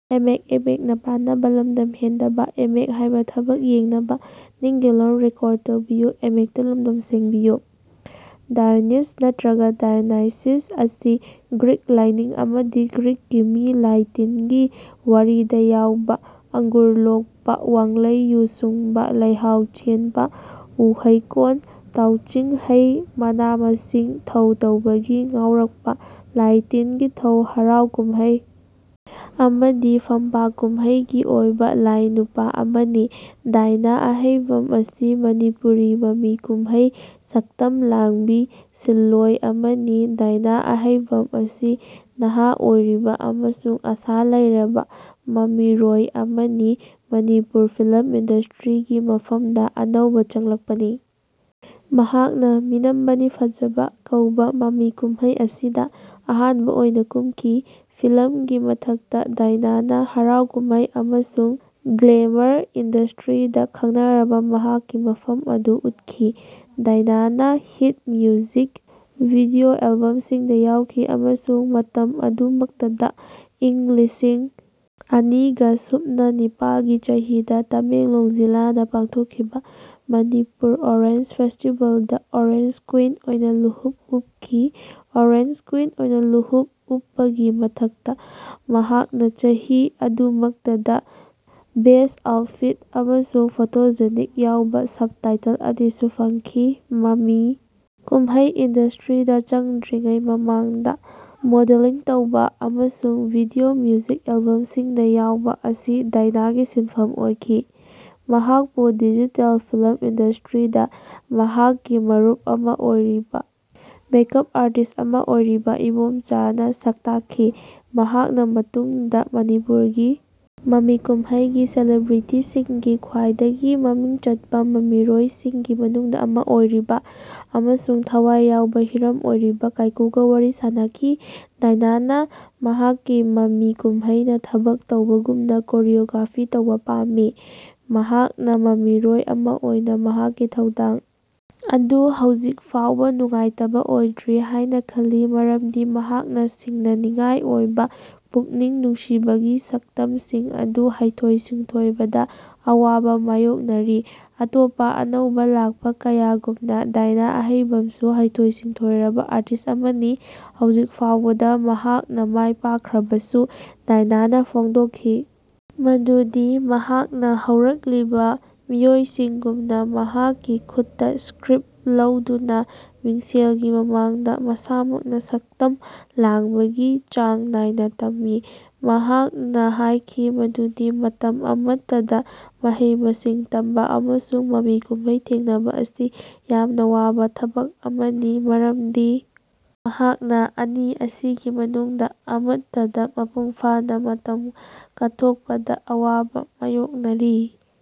Dionysus ꯅꯠꯇ꯭ꯔꯒ diagnosis ꯑꯁꯤ Greek ꯂꯥꯢꯅꯤꯡ ꯑꯃꯗꯤ ꯒ꯭ꯔꯤꯛꯀꯤ ꯃꯤ ꯂꯥꯢ ꯇꯤꯟꯒꯤ ꯋꯥꯔꯤꯗ ꯌꯥꯎꯕ ꯑꯪꯒꯨꯔ ꯂꯣꯛꯄ, ꯋꯥꯡꯂꯩ ꯌꯨ ꯁꯨꯡꯕ, ꯂꯩꯍꯥꯎ ꯆꯦꯟꯕ, ꯎꯍꯩꯀꯣꯜ, ꯇꯥꯎꯆꯤꯡ ꯍꯩ, ꯃꯅꯥ ꯃꯁꯤꯡ, ꯊꯧ ꯇꯧꯕꯒꯤ ꯉꯥꯎꯔꯛꯄ, ꯂꯥꯢ ꯇꯤꯟꯒꯤ ꯊꯧ, ꯍꯔꯥꯎ ꯀꯨꯝꯍꯩ ꯑꯃꯗꯤ ꯐꯝꯄꯥꯛ ꯀꯨꯝꯍꯩ ꯒꯤ ꯑꯣꯢꯕ ꯂꯥꯢꯅꯨꯄꯥ ꯑꯃꯅꯤ꯫ ꯗꯥꯏꯅꯥ ꯑꯍꯩꯕꯝ ꯑꯁꯤ ꯃꯅꯤꯄꯨꯔꯤ ꯃꯃꯤ ꯀꯨꯝꯍꯩ ꯁꯛꯇꯝ ꯂꯥꯡꯕꯤ ꯁꯤꯟꯂꯣꯏ ꯑꯃꯅꯤ꯫ ꯗꯥꯏꯅꯥ ꯑꯍꯩꯕꯝ ꯑꯁꯤ ꯅꯍꯥ ꯑꯣꯏꯔꯤꯕ ꯑꯃꯁꯨꯡ ꯑꯥꯁꯥ ꯂꯩꯔꯕ ꯃꯃꯤꯔꯣꯏ ꯑꯃꯅꯤ, ꯃꯅꯤꯄꯨꯔ ꯐꯤꯂꯝ ꯏꯟꯗꯁꯇ꯭ꯔꯤꯒꯤ ꯃꯐꯝꯗ ꯑꯅꯧꯕ ꯆꯪꯂꯛꯄꯅꯤ꯫ ꯃꯍꯥꯛꯅ "ꯃꯤꯅꯝꯕꯒꯤ ꯐꯥꯖꯥꯕ" ꯀꯧꯕ ꯃꯃꯤ ꯀꯨꯝꯍꯩ ꯑꯁꯤꯗ ꯑꯍꯥꯟꯕ ꯑꯣꯏꯅ ꯀꯨꯝꯈꯤ꯫ ꯐꯤꯂꯝꯀꯤ ꯃꯊꯛꯇ ꯗꯥꯏꯅꯥꯅ ꯍꯔꯥꯎ-ꯀꯨꯝꯍꯩ ꯑꯃꯁꯨꯡ ꯒ꯭ꯂꯦꯃꯔ ꯏꯟꯗꯁꯇ꯭ꯔꯤꯗ ꯈꯪꯅꯔꯕ ꯃꯍꯥꯛꯀꯤ ꯃꯐꯝ ꯑꯗꯨ ꯎꯠꯈꯤ꯫ ꯗꯥꯏꯅꯥꯅ ꯍꯤꯠ ꯃ꯭ꯌꯨꯖꯤꯛ ꯚꯤꯗꯤꯑꯣ ꯑꯦꯜꯕꯝꯁꯤꯡꯗ ꯌꯥꯎꯈꯤ ꯑꯃꯁꯨꯡ ꯃꯇꯝ ꯑꯗꯨꯃꯛꯇꯗ ꯏꯪ ꯂꯤꯁꯤꯡ ꯑꯅꯤꯒꯥ ꯁꯨꯞꯅꯥ ꯅꯤꯄꯥꯜꯒꯤ ꯆꯍꯤꯗ ꯇꯥꯃꯦꯡꯂꯣꯡ ꯖꯤꯂꯥꯗ ꯄꯥꯡꯊꯣꯛꯈꯤꯕ ꯃꯅꯤꯄꯨꯔ ꯑꯣꯔꯦꯟꯖ ꯐꯦꯁꯇꯤꯕꯦꯜꯗ ꯑꯣꯔꯦꯟꯖ ꯀ꯭ꯋꯤꯟ ꯑꯣꯏꯅ ꯂꯨꯍꯨꯞ ꯎꯞꯈꯤ꯫ ꯑꯣꯔꯦꯟꯖ ꯀ꯭ꯋꯤꯟ ꯑꯣꯏꯅ ꯂꯨꯍꯨꯞ ꯎꯞꯄꯒꯤ ꯃꯊꯛꯇ, ꯃꯍꯥꯛꯅ ꯆꯍꯤ ꯑꯗꯨꯃꯛꯇꯗ ꯕꯦꯁ ꯑꯥꯎꯠꯐꯤꯠ ꯑꯃꯁꯨꯡ ꯐꯣꯇꯣꯖꯦꯅꯤꯛ ꯌꯥꯎꯕ ꯁꯕ-ꯇꯥꯏꯇꯜ ꯑꯅꯤꯁꯨ ꯐꯪꯈꯤ꯫ ꯃꯃꯤ ꯀꯨꯝꯍꯩ ꯏꯟꯗꯁꯇ꯭ꯔꯤꯗ ꯆꯪꯗ꯭ꯔꯤꯉꯩ ꯃꯃꯥꯡꯗ ꯃꯣꯗꯦꯂꯤꯡ ꯇꯧꯕ ꯑꯃꯁꯨꯡ ꯚꯤꯗꯤꯑꯣ ꯃ꯭ꯌꯨꯖꯤꯛ ꯑꯦꯜꯕꯝꯁꯤꯡꯗ ꯌꯥꯎꯕ ꯑꯁꯤ ꯗꯥꯏꯅꯥꯒꯤ ꯁꯤꯟꯐꯝ ꯑꯣꯏꯈꯤ꯫ ꯃꯍꯥꯛꯄꯨ ꯗꯤꯖꯤꯇꯦꯜ ꯐꯤꯂꯝ ꯏꯟꯗꯁꯇ꯭ꯔꯤꯗ ꯃꯍꯥꯛꯀꯤ ꯃꯔꯨꯞ ꯑꯃ ꯑꯣꯏꯔꯤꯕ ꯃꯦꯛ ꯑꯞ ꯑꯥꯔꯇꯤꯁ꯭ꯠ ꯑꯃ ꯑꯣꯏꯔꯤꯕ ꯏꯕꯣꯝꯆꯥꯅ ꯁꯛꯇꯥꯛꯈꯤ, ꯃꯍꯥꯛꯅ ꯃꯇꯨꯡꯗ ꯃꯅꯤꯄꯨꯔꯒꯤ ꯃꯃꯤ ꯀꯨꯝꯍꯩꯒꯤ ꯁꯦꯂꯤꯕ꯭ꯔꯤꯇꯤꯁꯤꯡꯒꯤ ꯈ꯭ꯋꯥꯏꯗꯒꯤ ꯃꯃꯤꯡ ꯆꯠꯄ ꯃꯃꯤꯔꯣꯏꯁꯤꯡꯒꯤ ꯃꯅꯨꯡꯗ ꯑꯃ ꯑꯣꯏꯔꯤꯕ ꯑꯃꯁꯨꯡ ꯊꯋꯥꯏ ꯌꯥꯎꯕ ꯍꯤꯔꯝ ꯑꯣꯏꯔꯤꯕ ꯀꯥꯏꯀꯨꯒ ꯋꯥꯔꯤ ꯁꯥꯟꯅꯈꯤ꯫ ꯗꯥꯏꯅꯥꯅ ꯃꯍꯥꯛꯀꯤ ꯃꯃꯤ ꯀꯨꯝꯍꯩꯅ ꯊꯕꯛ ꯇꯧꯕꯒꯨꯝꯅ ꯀꯣꯔꯤꯌꯣꯒ꯭ꯔꯥꯐꯤ ꯇꯧꯕ ꯄꯥꯝꯃꯤ꯫ ꯃꯍꯥꯛꯅ ꯃꯃꯤꯔꯣꯏ ꯑꯃ ꯑꯣꯏꯅ ꯃꯍꯥꯛꯀꯤ ꯊꯧꯗꯥꯡ ꯑꯗꯨ ꯍꯧꯖꯤꯛ ꯐꯥꯎꯕ ꯅꯨꯡꯉꯥꯏꯇꯕ ꯑꯣꯏꯗ꯭ꯔꯤ ꯍꯥꯏꯅ ꯈꯜꯂꯤ ꯃꯔꯝꯗꯤ ꯃꯍꯥꯛꯅ ꯁꯤꯡꯅꯅꯤꯡꯉꯥꯏ ꯑꯣꯏꯕ ꯄꯨꯛꯅꯤꯡ ꯅꯨꯡꯁꯤꯕꯒꯤ ꯁꯛꯇꯝꯁꯤꯡ ꯑꯗꯨ ꯍꯩꯊꯣꯏ-ꯁꯤꯡꯊꯣꯏꯕꯗ ꯑꯋꯥꯕ ꯃꯥꯌꯣꯛꯅꯔꯤ꯫ ꯑꯇꯣꯞꯄ ꯑꯅꯧꯕ ꯂꯥꯛꯄ ꯀꯌꯥꯒꯨꯝꯅ, ꯗꯥꯏꯅꯥ ꯑꯍꯩꯕꯝꯁꯨ ꯍꯩꯊꯣꯏ-ꯁꯤꯡꯊꯣꯏꯔꯕ ꯑꯥꯔꯇꯤꯁ ꯑꯃꯅꯤ꯫ ꯍꯧꯖꯤꯛ ꯐꯥꯎꯕꯗ ꯃꯍꯥꯛꯅ ꯃꯥꯏꯄꯥꯛꯈ꯭ꯔꯕꯁꯨ, ꯗꯥꯏꯅꯥꯅ ꯐꯣꯡꯗꯣꯛꯈꯤ ꯃꯗꯨꯗꯤ ꯃꯍꯥꯛꯅ ꯍꯧꯔꯛꯂꯤꯕ ꯃꯤꯑꯣꯏꯁꯤꯡꯒꯨꯝꯅ ꯃꯍꯥꯛꯀꯤ ꯈꯨꯠꯇ ꯁ꯭ꯀ꯭ꯔꯤꯞ ꯂꯧꯗꯨꯅ ꯃꯤꯡꯁꯦꯜꯒꯤ ꯃꯃꯥꯡꯗ ꯃꯁꯥꯃꯛꯅ ꯁꯛꯇꯝ ꯂꯥꯡꯕꯒꯤ ꯆꯥꯡ ꯅꯥꯏꯅ ꯇꯝꯃꯤ꯫ ꯃꯍꯥꯛꯅ ꯍꯥꯏꯈꯤ ꯃꯗꯨꯗꯤ ꯃꯇꯝ ꯑꯃꯇꯗ ꯃꯍꯩ-ꯃꯁꯤꯡ ꯇꯝꯕ ꯑꯃꯁꯨꯡ ꯃꯃꯤ ꯀꯨꯝꯍꯩ ꯊꯦꯡꯅꯕ, ꯑꯁꯤ ꯌꯥꯝꯅ ꯋꯥꯕ ꯊꯕꯛ ꯑꯃꯅꯤ ꯃꯔꯝꯗꯤ ꯃꯍꯥꯛꯅ ꯑꯅꯤ ꯑꯁꯤꯒꯤ ꯃꯅꯨꯡꯗ ꯑꯃꯠꯇꯗ ꯃꯄꯨꯡ ꯐꯥꯅ ꯃꯇꯝ ꯀꯠꯊꯣꯛꯄꯗ ꯑꯋꯥꯕ ꯃꯥꯌꯣꯛꯅꯔꯤ꯫